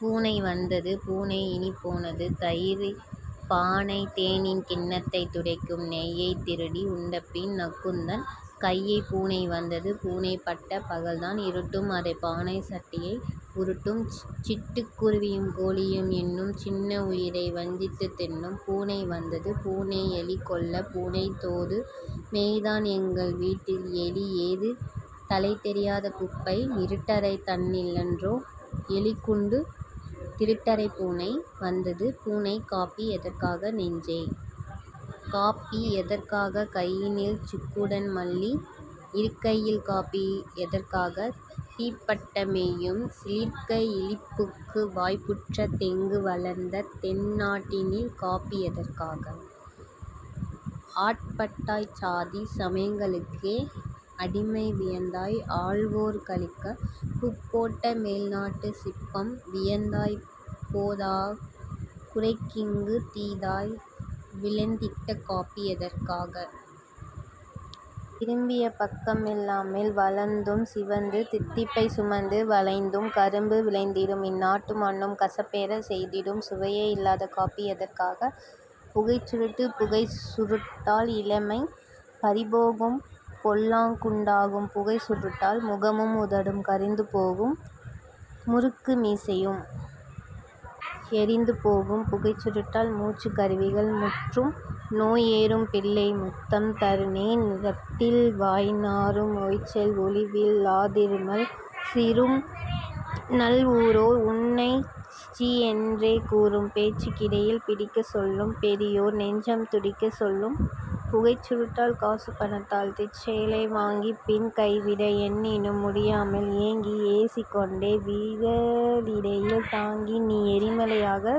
பூனை வந்தது பூனை இனிப் போனது தயிர்ப் பானை தேனின் கிண்ணத்தைத் துடைக்கும் நெய்யைத் திருடி உண்டபின் நக்குந்தன் கையைப் பூனை வந்தது பூனை பட்டப் பகல்தான் இருட்டும் அது பானை சட்டியை உருட்டும் சிட்டுக் குருவியும் கோழியும் இன்னும் சின்ன உயிரையும் வஞ்சித்துத் தின்னும் பூனை வந்தது பூனை எலிகொல்லப் பூனை தோது மெய்தான் எங்கள் வீட்டில் எலி ஏது தலை தெரியாத குப்பை இருட்டறை தன்னிலன்றோ எலிக்குண்டு திருட்டறை பூனை வந்தது பூனை காப்பி எதற்காக நெஞ்சே? காப்பி எதற்காக கையினில் சுக்குடன் மல்லி இருக்கையில் காப்பி எதற்காக தீப்பட்ட மெய்யும் சிலிர்க்க இளிப்புக்கு வாய்ப்புற்ற தெங்கு வளர்ந்த தென்னாட்டினில் காப்பி எதற்காக? ஆட்பட்டாய் சாதி சமயங்களுக்கே அடிமை வியந்தாய் ஆள்வோர் களிக்கப் பூப்போட்ட மேல்நாட்டுச் சிப்பம் வியந்தாய் போதாக் குறைக்கிங்குத் தீதாய் விளைந்திட்ட காப்பி எதற்காக? திரும்பிய பக்கமெல் லாம்மேல் வளர்ந்தும் சிவந்து தித்திப்பைச் சுமந்து வளைந்தும் கரும்பு விளைந்திடும் இந்நாட்டு மண்ணும் கசப்பேறச் செய்திடும் சுவையே இலாத காப்பி எதற்காக? புகைச் சுருட்டு புகைச் சுருட்டால் இளமை பறிபோகும் பொல்லாங் குண்டாகும் புகைச் சுருட்டால்! முகமும் உதடும் கரிந்துபோகும் முறுக்கு மீசையும் எரிந்து போகும் புகைச் சுருட்டால் மூச்சுக் கருவிகள் முற்றும் நோய்ஏறும் பிள்ளை முத்தம் தருநே ரத்தில் வாய் நாறும் ஓய்ச்சல் ஒழிவில் லாதிருமல் சீறும் நல் ஊரோ உன்னைச் சீ என்றே கூறும் பேச்சுக் கிடையில் பிடிக்கச் சொல்லும் பெரியார் நெஞ்சம் துடிக்கச் சொல்லும் புகைச் சுருட்டால் காசுபணத்தால் தீச்செயலை வாங்கிப் பின் கைவிட எண்ணினும் முடியாமல் ஏங்கி ஏசிக்கொண்டே விரலிடையில் தாங்கி நீ எரிமலை ஆகா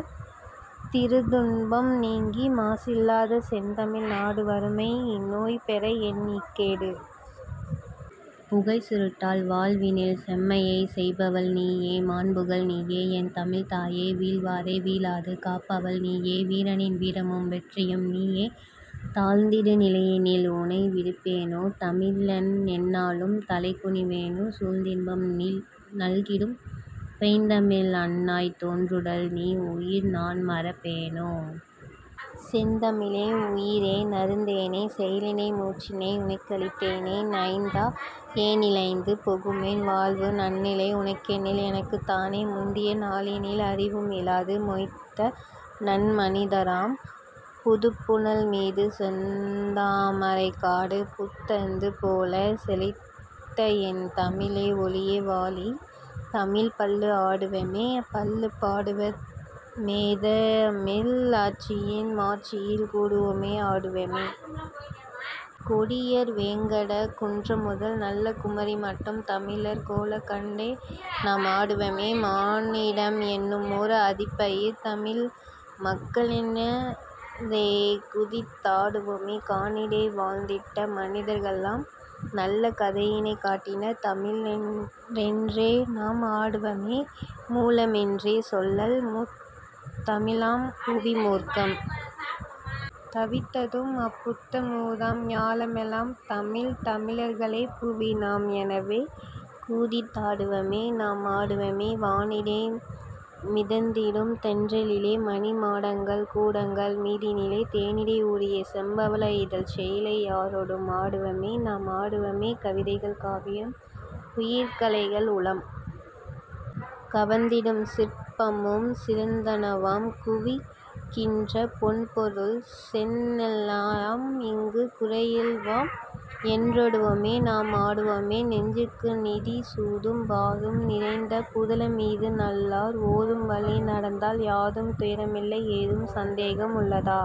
திருதுன்பம் நீங்கி மாசில்லாத செந்தமிழ் நாடு வறுமை நோய்பெற ஏன் இக்கேடு? புகைச் சுருட்டால் வாழ்வினில் செம்மையைச் செய்பவள் நீயே மாண்புகள் நீயே என் தமிழ்த் தாயே வீழ்வாரை வீழாது காப்பவள் நீயே வீரனின் வீரமும் வெற்றியும் நீயே தாழ்ந்திடு நிலையினில் உனை விடுப்பேனோ தமிழன்எந் நாளும் தலைகுனி வேனோ? சூழ்ந்தின்பம் நல்கிடும் பைந்தமிழ் அன்னாய் தோன்றுடல் நீஉயிர் நான்மறப் பேனோ? செந்தமிழே! உயிரே நறுந்தேனே செயலினை மூச்சினை உனக்களித்தேனே நைந்தா யெனில்நைந்து போகுமென் வாழ்வு நன்னிலை உனக்கெனில் எனக்குந் தானே! முந்திய நாளினில் அறிவும் இலாது மொய்த்தநன் மனிதராம் புதுப்புனல் மீது செந்தாமரைக் காடு பூத்தது போலே செழித்தஎன் தமிழே ஒளியே வாழி! தமிழ்ப் பள்ளு ஆடுவமே பள்ளுப் பாடுவமேதமிழ் ஆட்சியின் மாட்சியில் கூடுவமே ஆடுவமே! கோடுயர் வேங்கடக் குன்றமுதல் நல்ல குமரிமட்டும் தமிழர் கோலங் கண்டே நாம் ஆடுவமே மானிடம் என்னுமோர் ஆதிப்பயிர் தமிழ் மக்களென் றேகுதித் தாடுவமே கானிடை வாழ்ந்திட்ட மனிதர்க்கெலாம் நல்ல கதியினைக் காட்டினர் தமிழ ரென்றே நாம் ஆடுவமே மூலமென்றே சொல்லல் முத் தமிழாம் புவி மூர்க்கம் தவிர்த்ததும் அப் புத்தமுதாம் ஞாலமெலாம் தமிழ் தமிழர்களே புவி நாம் எனவே குதித் தாடுவமே நாம் ஆடுவமே வானிடை மிதந்திடும் தென்றலிலே மணி மாடங்கள் கூடங்கள் மீதினிலே தேனிடை ஊறிய செம்பவழ இதழ்ச் சேயிழை யாரொடும் ஆடுவமே நாம் ஆடுவமே கவிதைகள் காவியம் உயர்கலைகள் உளம் கவர்ந்திடும் சிற்பமும் சிறந்தனவாம் குவிகின்ற பொன்பொருள் செந்நெலெலாம் இங்குக் குறையில வாம் என்றாடுவமே நாம் ஆடுவமே நெஞ்சுக்கு நீதி சூதும் வாதும் நிறைந்த பூதலமீது நல்லார் ஓதும்வழி நடந்தால் யாதும் துயரமில்லை ஏதும் சந்தேகம் உளதோ